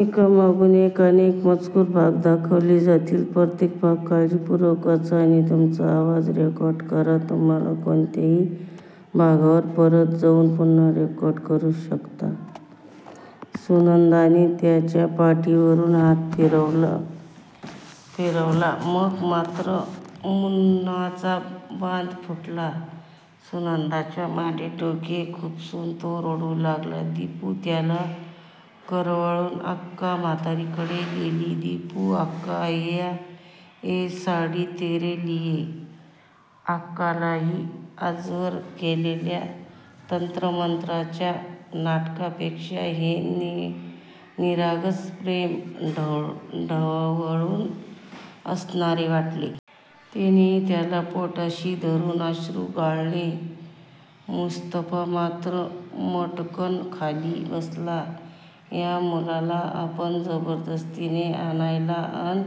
सुनंदाने त्याच्या पाठीवरून हात फिरवला. मग मात्र मन्नूचा बांध फुटला. सुनंदाच्या मांडीत डोके खुपसून तो रडू लागला. दिपू त्याला कुरवाळून आक्का म्हातारीकडे गेला. दिपू आक्का, ये साडी तेरे लिये आक्कालाही आजवर केलेल्या तंत्रमंत्राच्या नाटकापेक्षा हे निरागस प्रेम ढवळून आणणारे वाटले. तिनेही त्याला पोटाशी धरत अश्रू गाळले. मुस्तफा मात्र मटकन खाली बसला. या मुलाला आपण जबरदस्तीने आणायला अन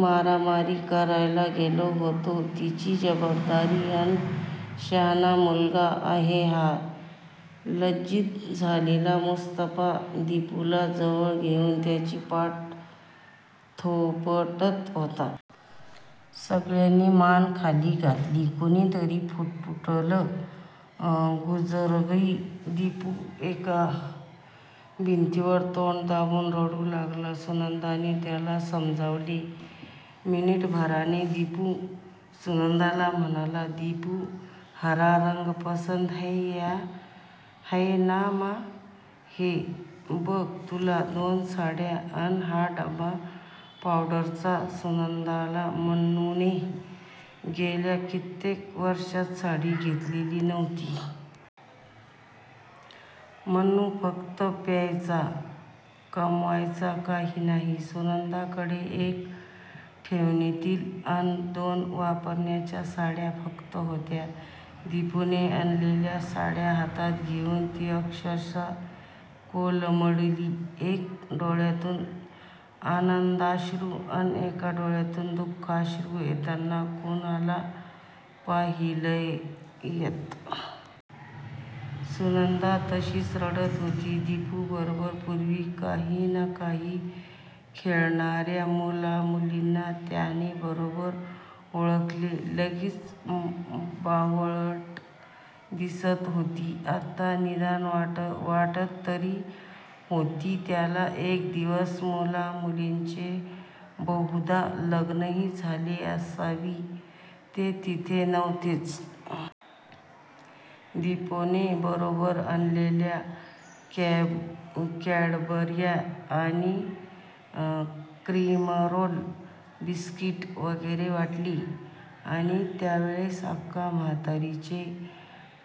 मारामारी करायला गेलो होतो? किती जबाबदार अन शहाणा मुलगा आहे हा! लज्जीत झालेला मुस्तफा दिपूला जवळ घेऊन त्याची पाठ थोपटत होता. सगळ्यांनी मान खाली घातली. कुणीतरी पुटपुटलं! गुजरगयी! दिपू एका भिंतीवर तोंड दाबून रडू लागला. सुनंदाने त्याला सावरले. मिनिटभराने दिपू सुनंदाला म्हणाला. दिपू हरा रंग पसंद हय ना मा? हे बघ तुला दोन साड्या अन हा डबा पावडरचा सुनंदाला मन्नूने गेल्या कित्येक वर्षात साडी घेतलेली नव्हती. मन्नू फक्त प्यायचा. कमवायचा काही नाही. सुनंदाकडे एक ठेवणीतील अन दोन वापरण्याच्या साड्या फक्त होत्या. दिपूने आणलेल्या साड्या हातात घेऊन ती अक्षरशः कोलमडली. एका डोळ्यातून आनंदाश्रू अन एका डोळ्यातून दु:खाश्रू येताना कुणाला पाहिलयंत? सुनंदा तशीच रडत होती. दिपूबरोबर पुर्वी काही ना काही खेळणार्या मुलामुलींना त्याने बरोबर ओळखले. सगळीच बावळट दिसत होती आत्ता! निदान वाटत तरी होती त्याला. एक दोन मुला मुलींची बहुधा लग्नेही झाली असावीत. ते तिथे नव्हतेच! दिपूने बरोबर आणलेल्या कॅडबर्या अन क्रीमरोल, बिस्किट वगैरे वाटली. आणि त्यावेळेस आक्का म्हातारीचे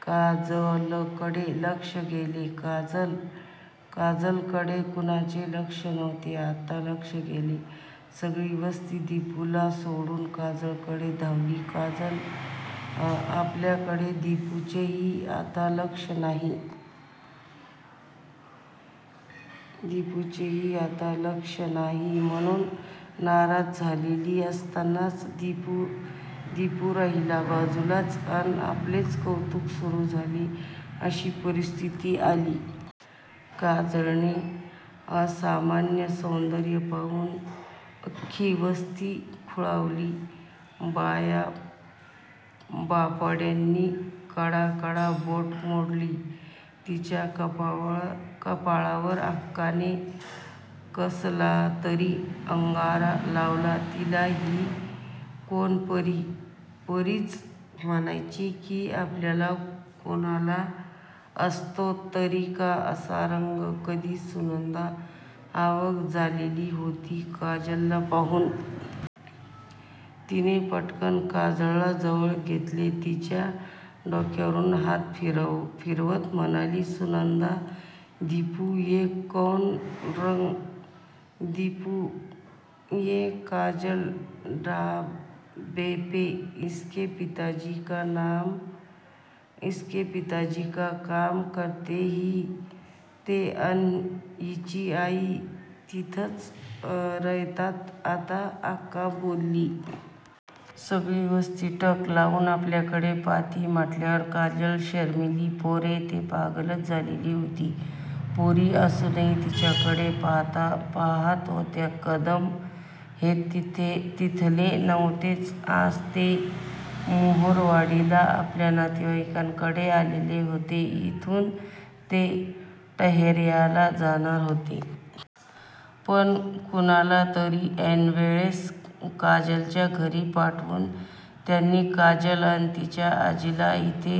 काजलकडे लक्ष गेले. काजल! काजलकडे कुणाचे लक्षच नव्हते. आत्ता लक्ष गेले. सगळी वस्ती दिपूला सोडून काजलकडे धावली. काजल 'आपल्याकडे दिपूचेही आता लक्ष नाही' म्हणून नाराज झालेली असतानाच 'दिपू राहिला बाजूलाच अन आपलेच कौतूक सुरू झाले' अशी परिस्थिती आली. काजलचे असामान्य सौंदर्य पाहून अख्खी वस्ती खुळावली. बायाबापड्यांनी कडाकडा बोटे मोडली तिच्या कपाळावर! आक्काने कसलातरी अंगारा लावला तिला. ही कोण परी? परीच म्हणायची की? आपल्यात कुणाचा असतो तरी का असा रंग कधी? सुनंदा अवाक झालेली होती काजलला पाहून! तिने पटकन काजलला जवळ घेतले. तिच्या डोक्यावरुन हात फिरवत म्हणाली. सुनंदा दिपू ये कौन रं? दिपू ये काजल ढाबेपे इसके पिताजी काम करते. ही, ते अन हिची आई थितंच रयतात. आता आक्का बोलली. सगळी वस्ती टक लावून आपल्याकडे पाहतीय म्हंटल्यावर काजल शरमली. पोरे तर पागलच झालेली होती. पोरी असूयेने तिच्याकडे पाहात होत्या. कदम हे तिथले नव्हतेच. आज ते महुरवाडीला आपल्या नातेवाईकांकडे आलेले होते. इथून ते टहेर्याला जाणार होते. पण कुणालातरी ऐनवेळेस काजलच्या घरी पाठवून त्यांनी काजल अन तिच्या आजीलाच इथे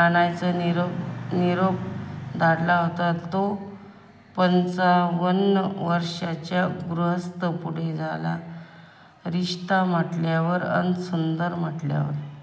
आणायचा निरोप धाडला होता. तो पंचावन्न वर्षांचा गृहस्थ पुढे झाला. रिश्ता म्हंटल्यावर अन सुंदर म्हंटल्यावर